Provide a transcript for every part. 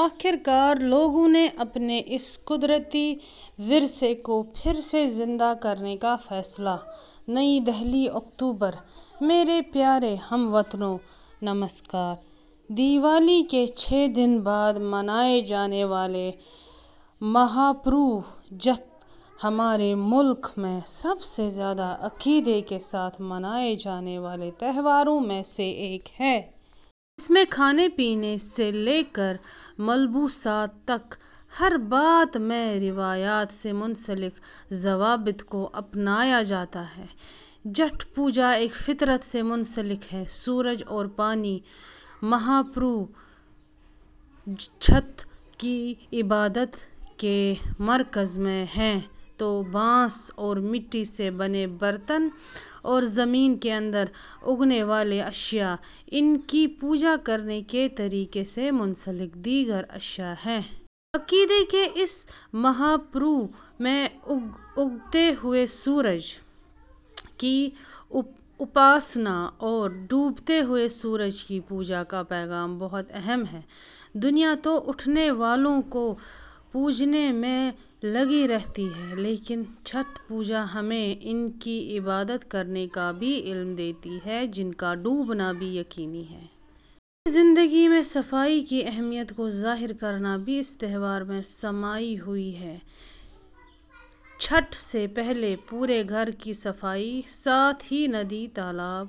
آخر کار، لوگوں نے اپنے اس قدرتی ورثے کو پھر سے زندہ کرنے کا فیصلہ. نئی دہلی۔ اکتوبر؛ میرے پیارے ہم وطنوں۔ نمسکار۔ دیوالی کے چھ دن بعد منائے جانے والا مہاپرو چھٹ، ہمارے ملک میں سب سے زیادہ عقیدے کے ساتھ منائے جانے والے تہواروں میں سے ایک ہے۔ جس میں کھانے پینے سے لے کر ملبوسات تک ، ہر بات میں روایت سے منسلک ضوابط کو اپنایا جاتا ہے۔ چھٹ پوجا ایک فطرت سے منسلک ہے۔ سورج اور پانی، مہاپرو چھٹ کی عبادت کے مرکز میں ہیں، تو بانس اور مٹی سے بنے برتن اور زمین کے اندر اگنے والی اشیاء، ان کی پوجا کرنے کے طریقے سے منسلک دیگر اشیاء ہیں۔ عقیدے کے اس مہاپرو میں اگتے ہوئے سورج کی اپاسنا اور ڈوبتے ہوئے سورج کی پوجا کا پیغام بہت اہم ہے۔ دنیا تو اٹھنے والوں کو پوجنے میں لگی رہتی ہے لیکن چھٹ پوجا ہمیں، ان کی عبادت کرنے کا بھی علم دیتی ہے جن کا ڈوبنا بھی یقینی ہے۔ ہماری زندگی میں صفائی کی اہمیت کو ظاہر کرنا بھی اس تہوار میں سمائی ہوئی ہے۔ چھٹ سے پہلے پورے گھر کی صفائی، ساتھ ہی ندی، تالاب،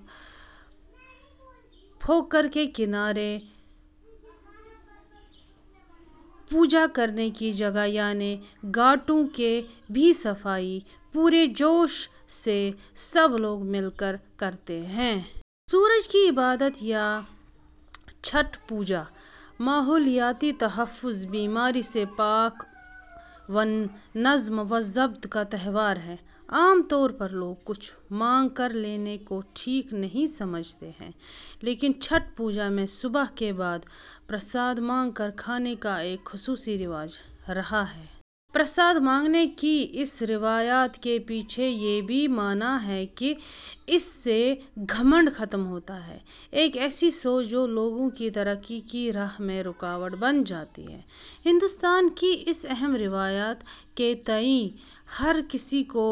پوکھر کے کناروں، پوجا کرنے کی جگہ یعنی گھاٹوں کی بھی صفائی ، پورے جوش سے سب لوگ مل کر کرتے ہیں۔ سورج کی عبادت یا چھٹ پوجا، ماحولیاتی تحفظ، بیماری سے پاک و نظم و ضبط کا تہوار ہے۔ عام طور پر لوگ کچھ مانگ کر لینے کو ٹھیک نہیں سمجھتے ہیں لیکن چھٹ پوجا میں صبح کے بعد پرساد مانگ کر کھانے کا ایک خصوصی رواج رہا ہے۔ پرساد مانگنے کی اس روایت کے پیچھے یہ بھی ماننا ہے کہ اس سے گھمنڈ ختم ہوتا ہے۔ ایک ایسی سوچ جو لوگوں کی ترقی کی راہ میں رکاوٹ بن جاتی ہے۔ ہندوستان کی اس اہم روایت کے تئیں ہر کسی کو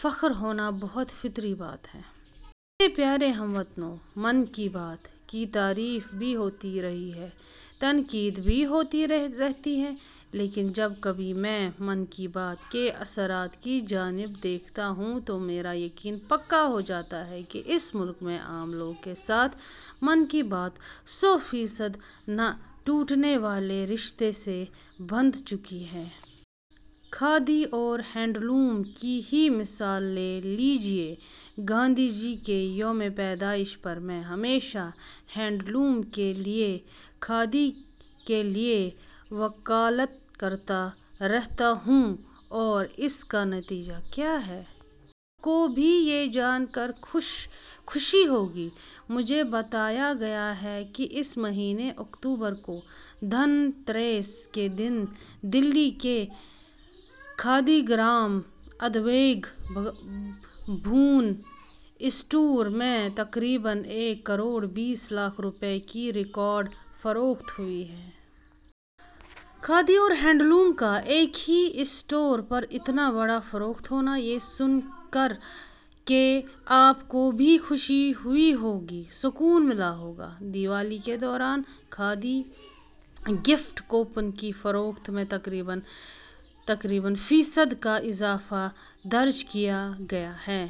فخر ہونا بہت فطری بات ہے۔ میرے پیارے ہم وطنوں، 'من کی بات' کی تعریف بھی ہوتی رہی ہے، تنقید بھی ہوتی رہتی ہے۔ لیکن جب کبھی میں 'من کی بات' کے اثرات کی جانب دیکھتا ہوں تو میرا یقین پکا ہو جاتا ہے کہ اس ملک میں عام لوگ کے ساتھ 'من کی بات' سو فیصد نہ ٹوٹنے والے رشتے سے بندھ چکی ہے۔ کھادی اور ہینڈلوم کی ہی مثال لے لیجیے۔ گاندھی جی کے یوم پیدائش پر میں ہمیشہ ہینڈ لوم کے لیے، کھادی کے لیے وکالت کرتا رہتا ہوں اور اس کا نتیجہ کیا ہے۔ آپ کو بھی یہ جان کر خوشی ہوگی۔ مجھے بتایا گیا ہے کہ اس مہینے اکتوبر کو 'دھن تیرس' کے دن دلی کے کھادی گرام ادیوگ بھون اسٹور میں تقریباً ایک کروڑ بیس لاکھ روپیے کی ریکارڈ فروخت ہوئی ہے۔ کھادی اور ہینڈ لوم کا، ایک ہی اسٹور پر اتنا بڑا فروخت ہونا، یہ سن کر کے آپ کو بھی خوشی ہوئی ہوگی، سکون ملا ہوگا۔ دیوالی کے دوران کھادی گفٹ کوپن کی فرخت میں تقریباً فیصد کا اضافہ درج کیا گیا ہے۔